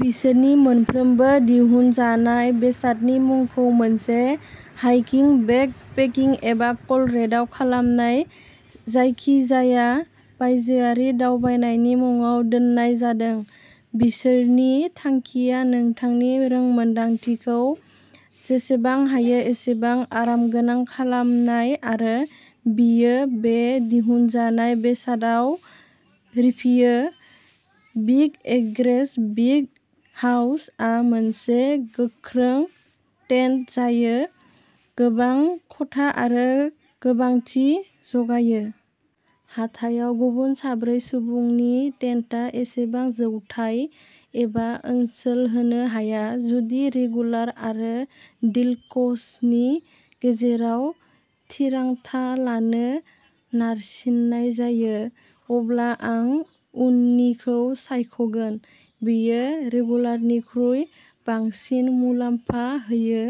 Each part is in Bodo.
बिसोरनि मोनफ्रोमबो दिहुनजानाय बेसादनि मुंखौ मोनसे हाइकिं, बेकपेकिंग, एबा कलरेड'आव खालामनाय जायखिजाया बायजोआरि दावबायनायनि मुङाव दोननाय जादों। बिसोरनि थांखिया नोंथांनि रोंमोनदांथिखौ जेसेबां हायो एसेबां आरामगोनां खालामनाय आरो बेयो बे दिहुनजानाय बेसादआव रिफियो। बिग एग्रेस बिग हाउस आ मोनसे गोख्रों टेन्ट, जायो गोबां खथा आरो गोबांथि जगायो। हाथायाव गुबुन साब्रै सुबुंनि टेन्टआ एसेबां जौथाय एबा ओनसोल होनो हाया। जुदि रेगुलार आरो डीलक्सनि गेजेराव थिरांथा लानो नारसिननाय जायो, अब्ला आं उननिखौ सायखगोन। बेयो रेगुलारनिख्रुइ बांसिन मुलाम्फा होयो।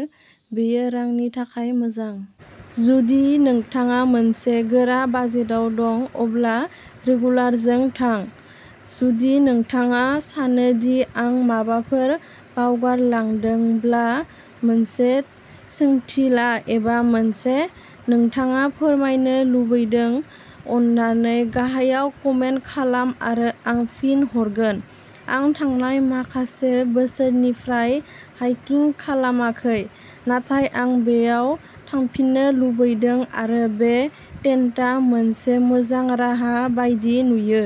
बेयो रांनि थाखाय मोजां। जुदि नोंथाङा मोनसे गोरा बाजेटाव दं, अब्ला रेगुलारजों थां। जुदि नोंथाङा सानो दि आं माबाफोर बावगारदोंब्ला, मोनसे सोंथि ला, एबा मोनसे नोंथाङा फोरमायनो लुबैदों, अन्नानै गाहायाव कमेन्ट खालाम आरो आं फिन हरगोन। आं थांनाय माखासे बोसोरनिफ्राय हाइकिं खालामाखै, नाथाय आं बेयाव थांफिननो लुबैदों आरो बे टेन्टआ मोनसे मोजां राहा बायदि नुयो।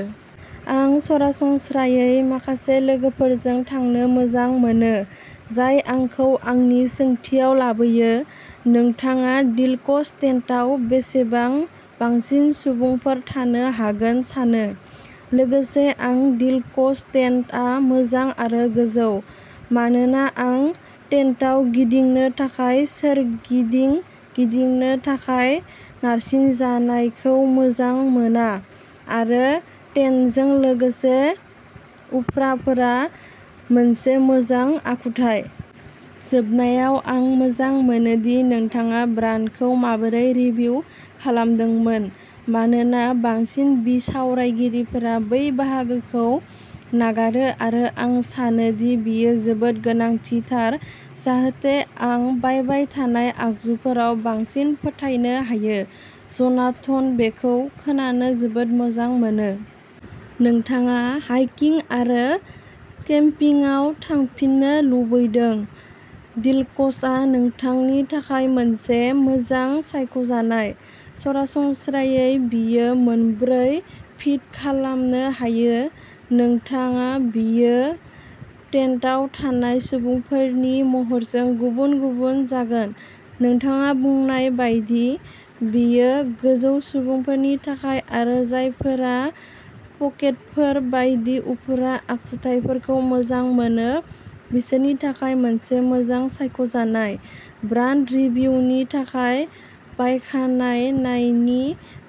आं सरासनस्रायै माखासे लोगोफोरजों थांनो मोजां मोनो, जाय आंखौ आंनि सोंथियाव लाबोयोः नोंथाङा डिलक्स टेन्टआव बेसेबां बांसिन सुबुंफोर थानो हागोन सानो? लोगोसे, आं डिलक्स टेन्टआ मोजां आरो गोजौ, मानोना आं टेन्टआव गिदिंनो थाखाय सोरगिदिं गिदिंनो थाखाय नारसिनजानायखौ मोजां मोना, आरो टेन्टजों लोगोसे उफ्राफोरा मोनसे मोजां आखुथाय। जोबनायाव, आं मोजां मोनो दि नोंथाङा ब्रान्डखौ माबोरै रिभिउ खालामदोंमोन, मानोना बांसिन बिसावरायगिरिफोरा बै बाहागोखौ नागारो आरो आं सानो दि बेयो जोबोद गोनांथिथार जाहाथे आं बायबाय थानाय आगजुफोराव बांसिन फोथायनो हायो। ज'नाथन, बेखौ खोनानो जोबोद मोजां मोनो। नोंथाङा हाइकिं आरो केम्पिंआव थांफिननो लुबैदों। डिलकसआ नोंथांनि थाखाय मोनसे मोजां सायख'नाय। सरासनस्रायै, बेयो मोनब्रै फिट खालामनो हायो, नोंथाङा बियो टेन्टआव थानाय सुबुंफोरनि महरजों गुबुन-गुबुन जागोन। नोंथाङा बुंनाय बायदि, बेयो गोजौ सुबुंफोरनि थाखाय आरो जायफोरा पकेटफोर बायदि उफ्रा आखुथायफोरखौ मोजां मोनो, बिसोरनि थाखाय मोनसे मोजां सायख'जानाय। ब्रान्ड रिभिउनि थाखाय बायखानायनायनि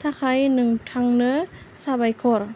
थाखाय नोंथांनो साबायखर।